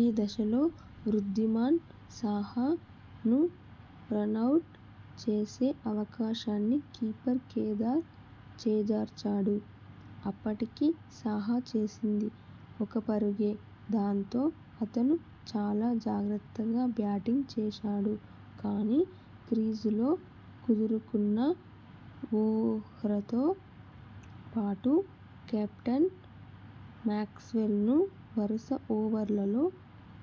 ఈ దశలో వృద్ధిమాన్ సాహా ను రనౌట్ చేసే అవకాశాన్ని కీపర్ కేదార్ చేజార్చాడు. అప్పటికి సాహా చేసింది ఒక పరుగే. దాంతో అతను చాలా జాగ్రత్తగా బ్యాటింగ్ చేశాడు. కానీ, క్రీజులో కుదురుకున్న వోహ్రాతో పాటు కెప్టెన్ మాక్స్వెల్ ను వరుస ఓవర్లలో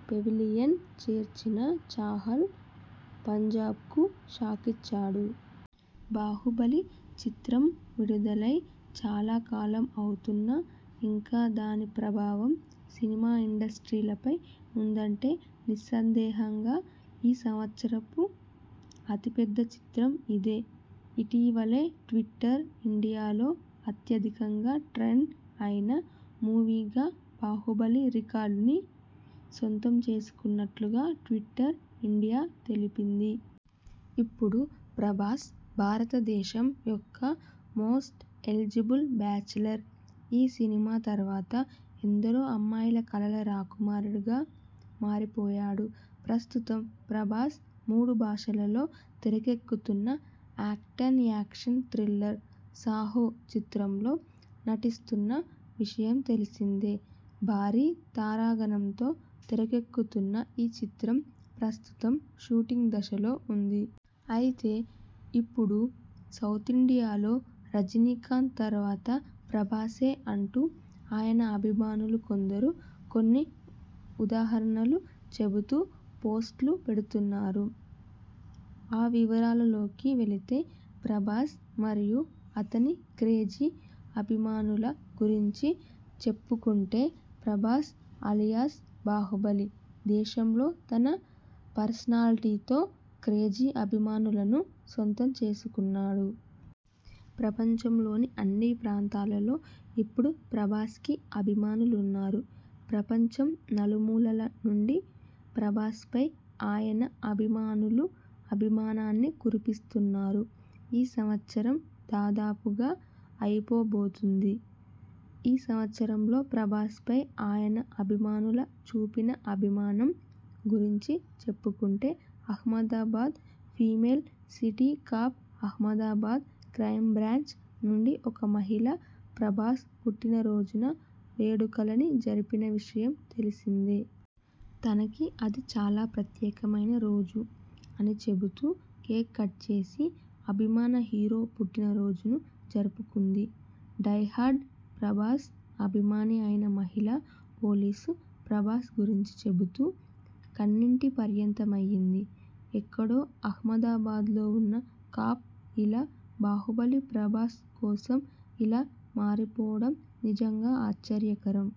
పెవిలియన్ చేర్చిన చాహల్ పంజాబ్కు షాకిచ్చాడు. 'బాహుబలి ' చిత్రం విడుదలై చాలా కాలం అవుతున్నా ఇంకా దాని ప్రభావం సినిమా ఇండస్ట్రీలపై ఉందంటే నిస్సందేహంగా ఈ సంవత్సరపు అతిపెద్ద చిత్రం ఇదే. ఇటీవలే ట్విట్టర్ ఇండియాలో అత్యధికంగా ట్రెండ్ అయిన మూవీగా 'బాహుబలి ' రికార్డ్ని సొంతం చేసుకున్నట్లుగా ట్విట్టర్ ఇండియా తెలిపింది. ఇప్పుడు ప్రభాస్ భారతదేశం యొక్క మోస్ట్ ఎలిజిబుల్ బ్యాచ్లర్. ఈ సినిమా తర్వాత ఎందరో అమ్మాయిల కలల రాకుమారుడుగా మారిపోయాడు. ప్రస్తుతం ప్రభాస్ మూడు భాషలలో తెరకెక్కుతున్న ఆక్టేన్ యాక్షన్ థ్రిల్లర్ 'సాహో' చిత్రంలో నటిస్తున్న విషయం తెలిసిందే. భారీ తారాగణంతో తెరకెక్కుతున్న ఈ చిత్రం ప్రస్తుతం షూటింగ్ దశలో ఉంది. అయితే ఇప్పడు సౌతిండియాలో రజినీకాంత్ తర్వాత ప్రభాసే అంటూ ఆయన అభిమానులు కొందరు కొన్ని ఉదహరణలు చెబుతూ పోస్ట్లు పెడుతున్నారు. ఆ వివరాలలోకి వెళితే ప్రభాస్ మరియు అతని క్రేజీ అభిమానుల గురించి చెప్పుకుంటే ప్రభాస్ అలియాస్ బాహుబలి దేశంలో తన పర్సనాలిటీతో క్రేజీ అభిమానులను సొంతం చేసుకున్నాడు. ప్రపంచంలోని అన్ని ప్రాంతాలలో ఇప్పుడు ప్రభాస్కి అభిమానులున్నారు. ప్రపంచం నలుమూలల నుండి ప్రభాస్పై ఆయన అభిమానులు అభిమానాన్ని కురిపిస్తున్నారు. ఈ సంవత్సరం దాదాపుగా అయిపోబోతుంది. ఈ సంవత్సరంలో ప్రభాస్పై ఆయన అభిమానుల చూపిన అభిమానం గురించి చెప్పుకుంటే Ahmedabad female city cop Ahmedabad crime branch నుండి ఒక మహిళ ప్రభాస్ పుట్టినరోజున వేడుకలని జరిపిన విషయం తెలిసిందే. తనకి అది చాలా ప్రత్యేకమైన రోజు అని చెబుతూ కేక్ కట్ చేసి అభిమాన హీరో పుట్టినరోజును జరుపుకుంది. డై-హార్డ్ ప్రభాస్ అభిమాని అయిన మహిళా పోలీసు ప్రభాస్ గురించి చెబుతూ కన్నీటిపర్యంతమయింది. ఎక్కడో అహ్మదాబాద్లో ఉన్న కాప్ ఇలా బాహుబలి ప్రభాస్ కోసం ఇలా మారిపోవడం నిజంగా ఆశ్చర్యకరం.